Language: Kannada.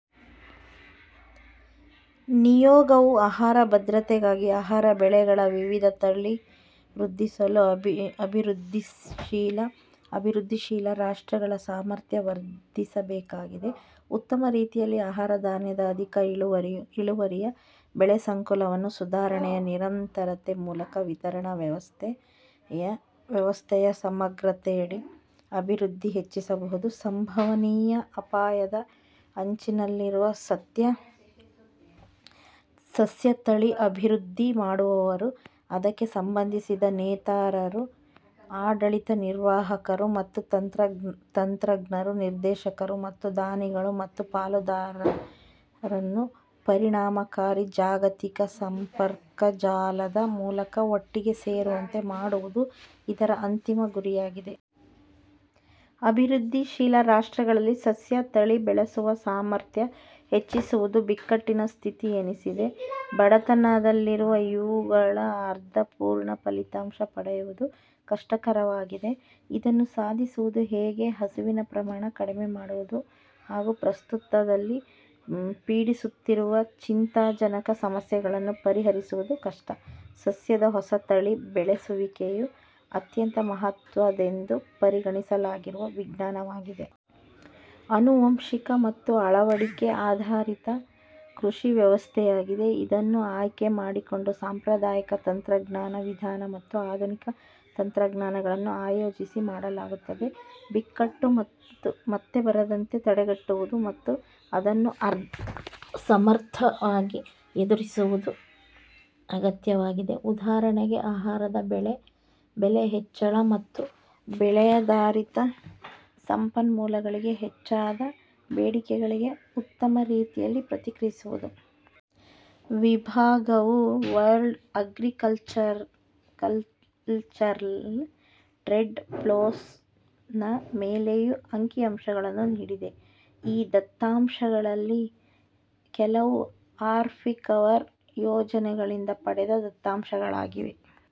ನಿಯೋಗವು, ಆಹಾರ ಭದ್ರತೆಗಾಗಿ ಆಹಾರ ಬೆಳೆಗಳ ವಿವಿಧ ತಳಿ ವೃದ್ಧಿಸಲು ಅಭಿವೃದ್ಧಿಶೀಲ ರಾಷ್ಟ್ರಗಳ ಸಾಮರ್ಥ್ಯ ವರ್ಧಿಸಬೇಕಾಗಿದೆ. ಉತ್ತಮ ರೀತಿಯಲ್ಲಿ ಆಹಾರ ಧಾನ್ಯದ ಅಧಿಕ ಇಳುವರಿಯ ಬೆಳೆಸಂಕುಲವನ್ನು ಸುಧಾರಣೆಯ ನಿರಂತರತೆ ಮೂಲಕ, ವಿತರಣಾ ವ್ಯವಸ್ಥೆಯ ಸಮಗ್ರತೆಯಡಿ ಅಭಿವೃದ್ಧಿ ಹೆಚ್ಚಿಸಬಹುದು. ಸಂಭವನೀಯ ಅಪಾಯದ ಅಂಚಿನಲ್ಲಿರುವ ಸಸ್ಯ ತಳಿ ಅಭಿವೃದ್ಧಿ ಮಾಡುವವರು, ಅದಕ್ಕೆ ಸಂಭಂಧಿಸಿದ ನೇತಾರರು, ಆಡಳಿತ ನಿರ್ವಾಹಕರು ಮತ್ತು ತಂತ್ರಜ್ಞರು, ನಿರ್ದೇಶಕರು ಮತ್ತು, ದಾನಿಗಳು ಮತ್ತು ಪಾಲುದಾರರನ್ನು ಪರಿಣಾಮಕಾರಿ ಜಾಗತಿಕ ಸಂಪರ್ಕಜಾಲದ ಮೂಲಕ ಒಟ್ಟಿಗೆ ಸೇರುವಂತೆ ಮಾಡುವುದು ಇದರ ಅಂತಿಮ ಗುರಿಯಾಗಿದೆ. ಅಭಿವೃದ್ಧಿಶೀಲ ರಾಷ್ಟ್ರಗಳಲ್ಲಿ ಸಸ್ಯ ತಳಿ ಬೆಳೆಸುವ ಸಾಮರ್ಥ್ಯ ಹೆಚ್ಚಿಸುವುದು ಬಿಕ್ಕಟ್ಟಿನ ಸ್ಥಿತಿ ಎನಿಸಿದೆ. ಬಡತನದಲ್ಲಿರುವ ಇವುಗಳು ಅರ್ಥಪೂರ್ಣ ಫಲಿತಾಂಶ ಪಡೆಯುವುದು ಕಷ್ಟಕರವಾಗಿದೆ. ಇದನ್ನು ಸಾಧಿಸುವುದು ಹಾಗು ಹಸಿವಿನ ಪ್ರಮಾಣ ಕಡಿಮೆ ಮಾಡುವುದು, ಹಾಗು ಪ್ರಸ್ತುತದಲ್ಲಿ ಪೀಡಿಸುತ್ತಿರುವ ಚಿಂತಾಜನಕ ಸಮಸ್ಯೆಗಳನ್ನು ಪರಿಹರಿಸುವುದು ಕಷ್ಟ. ಸಸ್ಯದ ಹೊಸತಳಿ ಬೆಳೆಸುವಿಕೆಯು, ಅತ್ಯಂತ ಮಹತ್ವದೆಂದು ಪರಿಗಣಿಸಲಾಗಿರುವ ವಿಜ್ಞಾನವಾಗಿದೆ. ಆನುವಂಶಿಕ ಮತ್ತು ಅಳವಡಿಕೆ ಆಧಾರಿತ, ಕೃಷಿ ವ್ಯವಸ್ಥೆಯಾಗಿದೆ. ಇದನ್ನು ಆಯ್ಕೆ ಮಾಡಿಕೊಂಡ ಸಾಂಪ್ರದಾಯಿಕ ತಂತ್ರಜ್ಞಾನ ವಿಧಾನ ಮತ್ತು ಆಧುನಿಕ ತಂತ್ರಜ್ಞಾನಗಳನ್ನು ಅಯೋಜಿಸಿ ಮಾಡಲಾಗುತ್ತದೆ. ಬಿಕ್ಕಟ್ಟು ಮತ್ತೆ ಬರದಂತೆ ತಡೆಗಟ್ಟುವುದು ಮತ್ತು ಅದನ್ನು ಸಮರ್ಥವಾಗಿ ಎದುರಿಸುವುದು ಅಗತ್ಯವಾಗಿದೆ. ಉದಾಹರಣೆಗೆ, ಆಹಾರದ ಬೆಲೆ ಹೆಚ್ಚಳ ಮತ್ತು ಬೆಳೆಯಾಧಾರಿತ ಸಂಪನ್ಮೂಲಗಳಿಗೆ ಹೆಚ್ಚಾದ ಬೇಡಿಕೆಗಳಿಗೆ ಉತ್ತಮ ರೀತಿಯಲ್ಲಿ ಪ್ರತಿಕ್ರಿಯಿಸುವುದು. ವಿಭಾಗವು, ವಲ್ಡ್ ಅಗ್ರಿಕಲ್ಚರಲ್ ಟ್ರೇಡ್ ಫ್ಲೋಸ್ ನ ಮೇಲೆಯೂ ಅಂಕಿಅಂಶಗಳನ್ನು ನೀಡಿದೆ. ಈ ದತ್ತಾಂಶಗಳಲ್ಲಿ ಕೆಲವು ಅಫ್ರಿಕವರ್ ಯೋಜನೆಗಳಿಂದ ಪಡೆದ ದತ್ತಾಂಶಗಳಾಗಿವೆ.